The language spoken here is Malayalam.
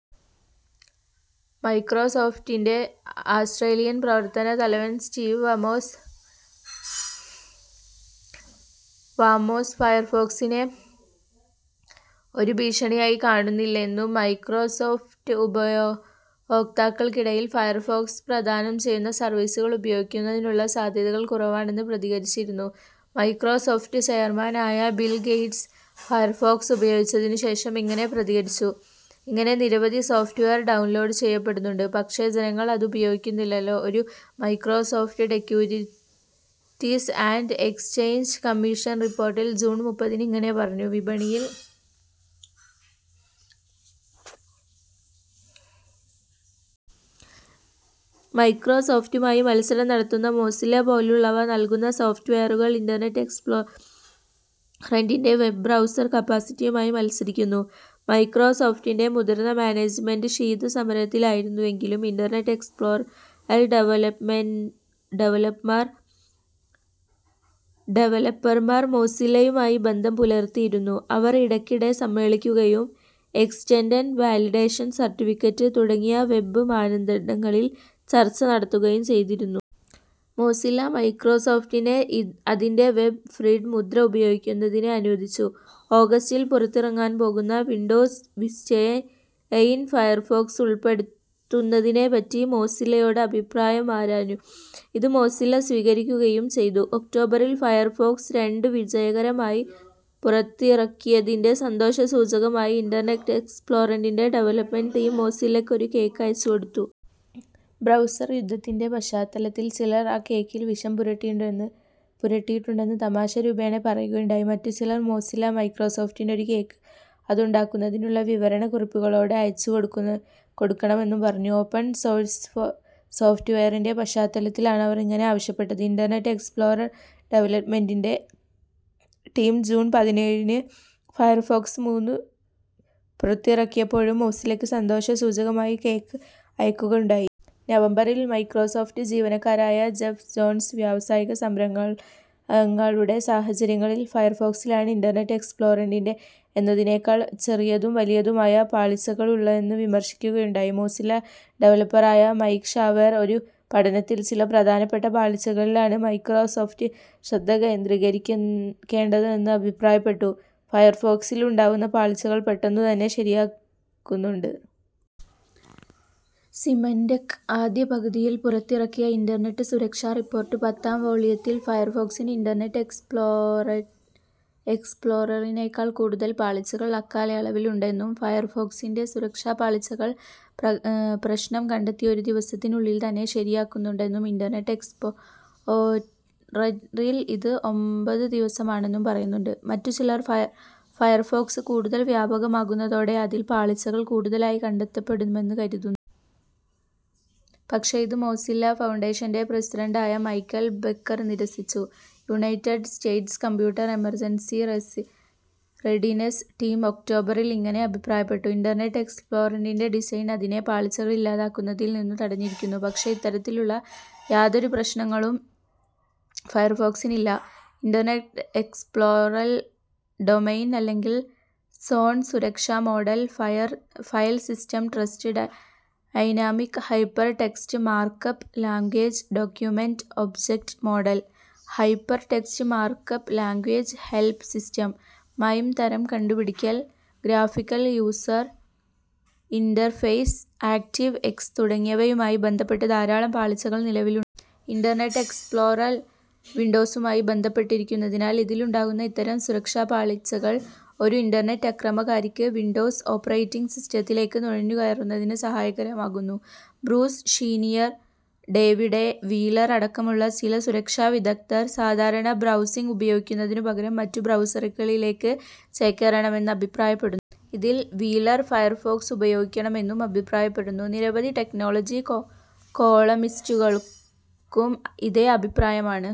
മൈക്രോസോഫ്റ്റിൻ്റെ ആസ്ട്രേലിയൻ പ്രവർത്തന തലവൻ സ്റ്റീവ് വാമോസ് ഫയർഫോക്സിനെ ഒരു ഭീഷണിയായി കാണുന്നില്ലെന്നും, മൈക്രോസോഫ്റ്റ് ഉപയോക്താക്കൾക്കിടയിൽ ഫയർഫോക്സ് പ്രദാനം ചെയ്യുന്ന സർവീസുകൾ ഉപയോഗിക്കുന്നതിനുള്ള സാധ്യതകൾ കുറവാണെന്ന് പ്രതികരിച്ചിരുന്നു. മൈക്രോസോഫ്റ്റ് ചെയർമാൻ ആയ ബിൽ ഗേറ്റ്സ് ഫയർഫോക്സ് ഉപയോഗിച്ചതിനു ശേഷം ഇങ്ങനെ പ്രതികരിച്ചു. ഇങ്ങനെ നിരവധി സോഫ്റ്റ്‌വെയർ ഡൗൺലോഡ് ചെയ്യപ്പെടുന്നുണ്ട്, പക്ഷേ ജനങ്ങൾ അതു ഉപയോഗിക്കുന്നില്ലല്ലോ ഒരു Microsoft Securities and Exchange Commission റിപ്പോർട്ടിൽ ജൂൺ മുപ്പതിന് ഇങ്ങനെ പറഞ്ഞു. വിപണിയിൽ മൈക്രോസോഫ്റ്റുമായി മത്സരം നടത്തുന്ന മോസില്ല പോലുള്ളവ നൽകുന്ന സോഫ്റ്റ്‌വെയറുകൾ ഇൻ്റർനെറ്റ് എക്സ്പ്ലോററിൻ്റെ വെബ് ബ്രൗസർ കപ്പാസിറ്റിയുമായി മത്സരിക്കുന്നു. മൈക്രോസോഫ്റ്റിൻ്റെ മുതിർന്ന മാനേജ്മെൻ്റെ ശീതസമരത്തിലായിരുന്നുവെങ്കിലും ഇൻ്റർനെറ്റ് എക്സ്പ്ലോറർ ഡെവലപ്പർമാർ മോസില്ലയുമായി ബന്ധം പുലർത്തിയിരുന്നു. അവർ ഇടക്കിടെ സമ്മേളിക്കുകയും എക്സ്റ്റൻഡഡ് വാലിഡേഷൻ സർട്ടിഫിക്കറ്റ് തുടങ്ങിയ വെബ് മാനദണ്ഡങ്ങളിൽ ചർച്ച നടത്തുകയും ചെയ്തിരുന്നു. മോസില്ല മൈക്രോസോഫ്റ്റിനെ അതിൻ്റെ വെബ് ഫീഡ് മുദ്ര ഉപയോഗിക്കുന്നതിനെ അനുവദിച്ചു. ഓഗസ്റ്റിൽ പുറത്തിറങ്ങാൻ പോകുന്ന വിൻഡോസ് വിസ്റ്റയിൽ ഫയർഫോക്സ് ഉൾപ്പെടുത്തുന്നതിനെ പറ്റി മോസില്ലയോട് അഭിപ്രായമാരാഞ്ഞു. ഇത് മോസില്ല സ്വീകരിക്കുകയും ചെയ്തു. ഒക്ടോബറിൽ ഫയർഫോക്സ് രണ്ട് വിജയകരമായി പുറത്തിറക്കിയതിൻ്റെ സന്തോഷസൂചകമായി ഇൻ്റർനെറ്റ് എക്സ്പ്ലോററിൻ്റെ ഡെവലപ്പ്മെൻ്റെ ടീം മോസില്ലക്ക് ഒരു കേക്ക് അയച്ചു കൊടുത്തു. ബ്രൗസർ യുദ്ധത്തിൻ്റെ പശ്ചാത്തലത്തിൽ ചിലർ ആ കേക്കിൽ വിഷം പുരട്ടിയിട്ടുണ്ടെന്ന് തമാശ രൂപേണ പറയുകയുണ്ടായി. മറ്റു ചിലർ മോസില്ല മൈക്രോസോഫ്റ്റിന് ഒരു കേക്ക് അതു ഉണ്ടാക്കുന്നതിനുള്ള വിവരണ കുറിപ്പുകളോടെ അയച്ചു കൊടുക്കണമെന്നും പറഞ്ഞു. ഓപ്പൺ സോഴ്സ് സോഫ്റ്റ്‌വെയറിൻ്റെ പശ്ചാത്തലത്തിലാണവർ ഇങ്ങനെ ആവശ്യപ്പെട്ടത്. ഇൻ്റർനെറ്റ് എക്സ്പ്ലോറർ ഡെവലപ്പ്മെൻ്റെ ടീം ജൂൺ പതിനേഴിന് ഫയർഫോക്സ് മൂന്ന് പുറത്തിറക്കിയപ്പോഴും മോസില്ലക്ക് സന്തോഷസൂചകമായി കേക്ക് അയക്കുകയുണ്ടായി. നവംബറിൽ മൈക്രോസോഫ്റ്റ് ജീവനക്കാരനായ ജെഫ് ജോൺസ്, വ്യവസായിക സംരംഭങ്ങളുടെ സാഹചര്യങ്ങളിൽ ഫയർഫോക്സിലാണ് ഇൻ്റർനെറ്റ് എക്സ്പ്ലോററിൽ ഉള്ളതിനേക്കാൾ ചെറിയതും വലിയതുമായ പാളിച്ചകളുള്ളതെന്ന് വിമർശിക്കുകയുണ്ടായി. മോസില്ല ഡെവലപ്പറായ മൈക്ക് ഷാവേർ ഒരു പഠനത്തിൽ ചില പ്രധാനപ്പെട്ട പാളിച്ചകളിലാണ് മൈക്രോസോഫ്റ്റ് ശ്രദ്ധ കേന്ദ്രീകരിക്കേണ്ടതെന്ന് അഭിപ്രായപ്പെട്ടു.. ഫയർഫോക്സിലുണ്ടാകുന്ന പാളിച്ചകൾ പെട്ടെന്നു തന്നെ ശരിയാക്കുന്നുണ്ട്. സിമാൻ്റെക്ക് ആദ്യ പകുതിയിൽ പുറത്തിറക്കിയ ഇൻ്റർനെറ്റ് സുരക്ഷാ റിപ്പോർട്ട് പത്താം വോള്യത്തിൽ ഫയർഫോക്സിന് ഇൻ്റർനെറ്റ് എക്സ്പ്ലോററിനേക്കാൾ കൂടുതൽ പാളിച്ചകൾ അക്കാലയളവിൽ ഉണ്ടെന്നും ഫയർഫോക്സിൻ്റെ സുരക്ഷാപാളിച്ചകൾ പ്രശ്നം കണ്ടെത്തി ഒരു ദിവസത്തിനുള്ളിൽ തന്നെ ശരിയാക്കുന്നുണ്ടെന്നും ഇൻ്റർനെറ്റ് എക്സ്പ്ലോററിൽ ഇത് ഒമ്പത് ദിവസമാണെന്നും പറയുന്നുണ്ട്. മറ്റു ചിലർ ഫയർഫോക്സ് കൂടുതൽ വ്യാപകമാകുന്നതോടെ അതിൽ പാളിച്ചകൾ കൂടുതലായി കണ്ടെത്തപ്പെടുമെന്ന് കരുതുന്നു. പക്ഷേ ഇത് മോസില്ല ഫൗണ്ടേഷൻ്റെ പ്രസിഡൻ്റായ മൈക്കൽ ബെക്കർ നിരസിച്ചു. United States Computer Emergency Readiness Team ഒക്ടോബറിൽ ഇങ്ങനെ അഭിപ്രായപ്പെട്ടു. ഇൻ്റർനെറ്റ് എക്സ്പ്ലോററിൻ്റെ ഡിസൈൻ അതിനെ പാളിച്ചകളില്ലാതാക്കുന്നതിൽ നിന്നു തടഞ്ഞിരിക്കുന്നു. പക്ഷേ ഇത്തരത്തിലുള്ള യാതൊരു പ്രശ്നങ്ങളും ഫയർഫോക്സിനില്ല. ഇൻ്റർനെറ്റ് എക്സ്പ്ലോറർ ഡൊമൈൻ അല്ലെങ്കിൽ സോൺ സുരക്ഷാ model, file system trust, dynamic hypertext markup language ഡോക്യുമെൻ്റെ object model, hypertext markup language help system, MIME തരം കണ്ടുപിടിക്കൽ, graphical user interface, ActiveX തുടങ്ങിയവയുമായി ബന്ധപ്പെട്ട് ധാരാളം പാളിച്ചകൾ നിലവിലുണ്ട്. ഇൻ്റർനെറ്റ് എക്സ്പ്ലോറർ വിൻഡോസുമായി ബന്ധപ്പെട്ടിരിക്കുന്നതിനാൽ ഇതിലുണ്ടാകുന്ന ഇത്തരം സുരക്ഷാപാളിച്ചകൾ ഒരു ഇൻ്റർനെറ്റ് അക്രമകാരിക്ക് വിൻഡോസ് ഓപ്പറേറ്റിംഗ് സിസ്റ്റത്തിലേക്ക് നുഴഞ്ഞു കയറുന്നതിന് സഹായകരമാകുന്നു. Bruce Schneier David A. Wheeler അടക്കമുള്ള ചില സുരക്ഷാ വിദഗ്ദ്ധർ സാധാരണ ബ്രൗസിങ്ങ് ഉപയോഗിക്കുന്നതിനു പകരം മറ്റു ബ്രൗസറുകളിലേക്ക് ചേക്കേറണമെന്ന് അഭിപ്രായപ്പെടുന്നു. ഇതിൽ വീലർ ഫയർഫോക്സ് ഉപയോഗിക്കണമെന്നും അഭിപ്രായപ്പെടുന്നു. നിരവധി ടെക്നോളജി കോളമിസ്റ്റുകൾക്കും ഇതേ അഭിപ്രായമാണ്.